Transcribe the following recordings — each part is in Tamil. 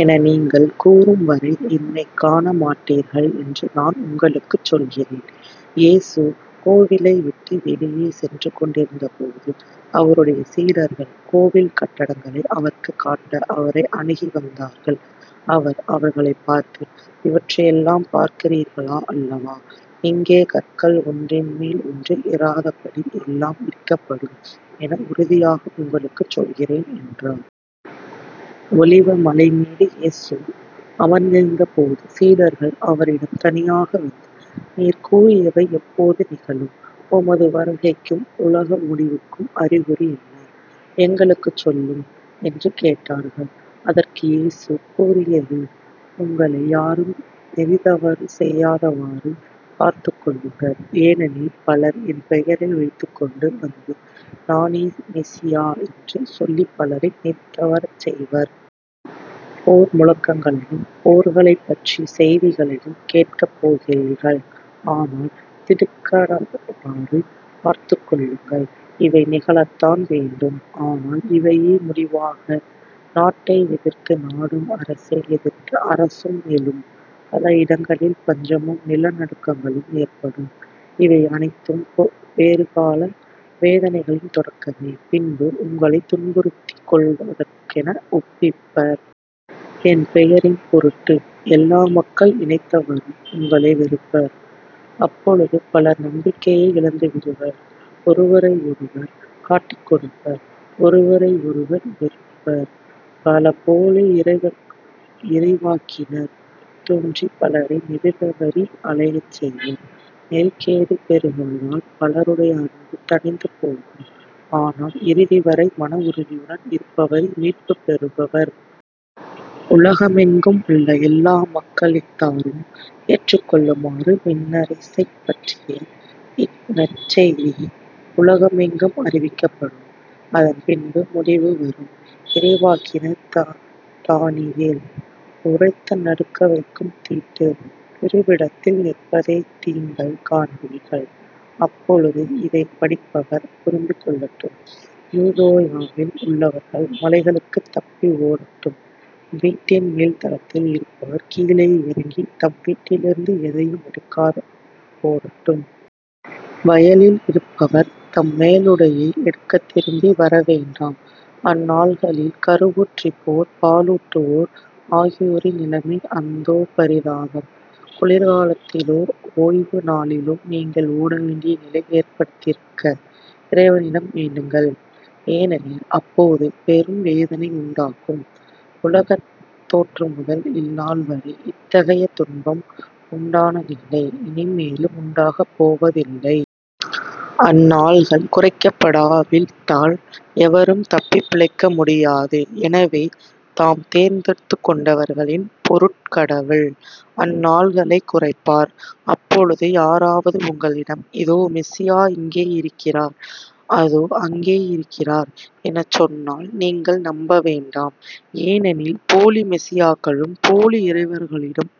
என நீங்கள் கூறும்வரை என்னைக் காண மாட்டீர்கள் என்று நான் உங்களுக்குச் சொல்கிறேன். இயேசு கோவிலைவிட்டு வெளியே சென்றுகொண்டிருந்தபோது அவருடைய சீடர்கள் கோவில் கட்டடங்களை அவருக்குக் காட்ட அவரை அணுகி வந்தார்கள். அவர் அவர்களைப் பார்த்து, இவற்றையெல்லாம் பார்க்கிறீர்களா அல்லவா. இங்கே, கற்கள் ஒன்றின்மேல் ஒன்று இராதபடி எல்லாம் இடிக்கப்படும் என உறுதியாக உங்களுக்குச் சொல்கிறேன்" என்றார். ஒலிவ மலைமீது இயேசு அமர்ந்திருந்தபோது சீடர்கள் அவரிடம் தனியாக வந்து,"நீர் கூறியவை எப்போது நிகழும்? உமது வருகைக்கும் உலக முடிவுக்கும் அறிகுறி என்ன? எங்களுக்குச் சொல்லும்" என்று கேட்டார்கள். அதற்கு இயேசு கூறியது உங்களை யாரும் நெறிதவறச் செய்யாதவாறு பார்த்துக் கொள்ளுங்கள். ஏனெனில் பலர் என் பெயரை வைத்துக் கொண்டு வந்து,"நானே மெசியா" என்று சொல்லிப் பலரை நெறி தவறச் செய்வர். போர் முழக்கங்களையும் போர்களைப்பற்றிய செய்திகளையும் கேட்கப் போகிறீர்கள். ஆனால் திடுக்கிடாதவாறு பார்த்துக்கொள்ளுங்கள். இவை நிகழத்தான் வேண்டும். ஆனால் இவையே முடிவாகா. நாட்டை எதிர்த்து நாடும் அரசை எதிர்த்து அரசும் எழும். பல இடங்களில் பஞ்சமும் நில நடுக்கங்களும் ஏற்படும். இவையனைத்தும் பேறுகால வேதனைகளின் தொடக்கமே. பின்பு உங்களைத் துன்புறுத்திக் கொல்வதற்கென ஒப்பிப்பர். என் பெயரின் பொருட்டு எல்லா மக்கள் இனத்தவரும் உங்களை வெறுப்பர். அப்பொழுது பலர் நம்பிக்கையை இழந்துவிடுவர் ஒருவரையொருவர் காட்டிக்கொடுப்பர் ஒருவரையொருவர் வெறுப்பர். பல போலி இறைவாக்கினர் தோன்றிப் பலரை நெறிதவறி அலையச் செய்வர். நெறிகேடு பெருகுவதால் பலருடைய அன்பு தணிந்துபோகும். ஆனால் இறுதிவரை மன உறுதியுடன் இருப்பவரே மீட்புப் பெறுவர். உலகமெங்கும் உள்ள எல்லா மக்களின்த்தாரும் ஏற்றுக்கொள்ளுமாறு விண்ணரசைப்பற்றிய இந்நற்செய்தி உலகமெங்கும் அறிவிக்கப்படும். அதன் பின்பு முடிவு வரும். "இறைவாக்கினர் தானியேல் உரைத்த,"நடுங்கவைக்கும் தீட்டு" திருவிடத்தில் நிற்பதை நீங்கள் காண்பீர்கள். அப்பொழுது இதைப்படிப்பவர் புரிந்துகொள்ளட்டும். யூதோயாவில் உள்ளவர்கள் மலைகளுக்குத் தப்பி ஓடட்டும். வீட்டின் மேல்தளத்தில் இருப்பவர் கீழே இறங்கித் தம் வீட்டிலிருந்து எதையும் எடுக்காது ஓடட்டும். வயலில் இருப்பவர் தம் மேலுடையை எடுக்கத் திரும்பி வரவேண்டாம். அந்நாள்களில் கருவுற்றிருப்போர் பாலூட்டுவோர் ஆகியோரின் நிலைமை அந்தோ பரிதாபம். குளிர்காலத்திலோ ஓய்வு நாளிலோ நீங்கள் ஓடவேண்டிய நிலை ஏற்படாதிருக்க இறைவனிடம் வேண்டுங்கள். ஏனெனில் அப்போது பெரும் வேதனை உண்டாகும். உலகத் தோற்றமுதல் இந்நாள்வரை இத்தகைய துன்பம் உண்டானதில்லை இனிமேலும் உண்டாகப்போவதில்லை. அந்நாள்கள் குறைக்கப்படாவிட்டால் எவரும் தப்பிப் பிழைக்கமுடியாது. எனவே தாம் தேர்ந்தெடுத்துகொண்டவர்களின் பொருட்க் கடவுள் அந்நாள்களைக் குறைப்பார். அப்பொழுது யாராவது உங்களிடம், "இதோ, மெசியா இங்கே இருக்கிறார். அதோ, அங்கே இருக்கிறார்" எனச் சொன்னால் நீங்கள் நம்ப வேண்டாம். ஏனெனில் போலி மெசியாக்களும், போலி இறைவர்களிடம்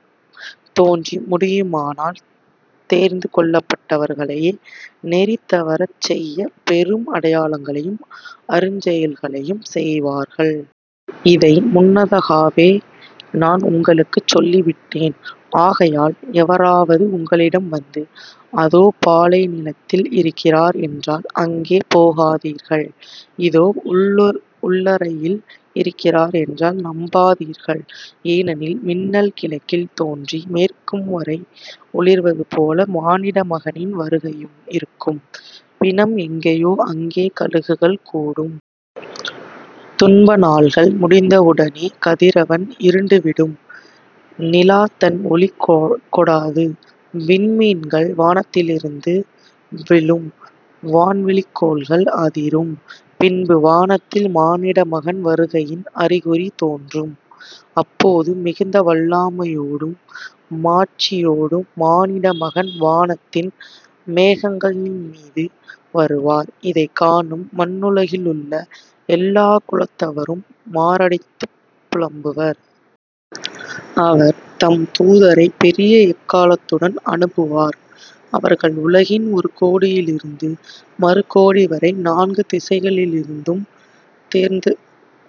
தோன்றி, முடியுமானால் தேர்ந்து கொள்ளப்பட்டவர்களையே நெறி தவறச் செய்ய பெரும் அடையாளங்களையும் அருஞ் செயல்களையும் செய்வார்கள். இதை முன்னதகாவே நான் உங்களுக்குச் சொல்லி விட்டேன். ஆகையால் எவராவது உங்களிடம் வந்து, "அதோ, பாலைநிலத்தில் இருக்கிறார்" என்றால் அங்கே போகாதீர்கள்"இதோ, உள்உள்ளறையில் இருக்கிறார்" என்றால் நம்பாதீர்கள். ஏனெனில் மின்னல் கிழக்கில் தோன்றி மேற்குவரை ஒளிர்வது போல மானிட மகனின் வருகையும் இருக்கும். பிணம் எங்கேயோ அங்கே கழுகுகள் கூடும். "துன்பநாள்கள் முடிந்த உடனே கதிரவன் இருண்டுவிடும் நிலா தன் ஒளி கொடாது விண்மீன்கள் வானத்திலிருந்து விழும் வான்வெளிக்கோள்கள் அதிரும். பின்பு வானத்தில் மானிட மகன் வருகையின் அறிகுறி தோன்றும். அப்போது மிகுந்த வல்லாமையோடும் மாட்சியோடும் மானிட மகன் வானத்தின் மேகங்களின்மீது வருவார். இதைக் காணும் மண்ணுலகிலுள்ள எல்லாக் குலத்தவரும் மாரடித்துப் புலம்புவர். அவர் தம் தூதரைப் பெரிய எக்காளத்துடன் அனுப்புவார். அவர்கள் உலகின் ஒரு கோடியிலிருந்து மறு கோடிவரை நான்கு திசைகளிலிருந்தும் தேர்ந்து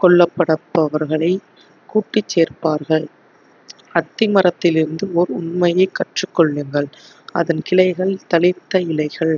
கொள்ளப்படபவர்களைக் கூட்டிச் சேர்ப்பார்கள். " அத்தி மரத்திலிருந்து ஓர் உண்மையைக் கற்றுக்கொள்ளுங்கள். அதன் கிளைகள் தளிர்த்த இலைகள்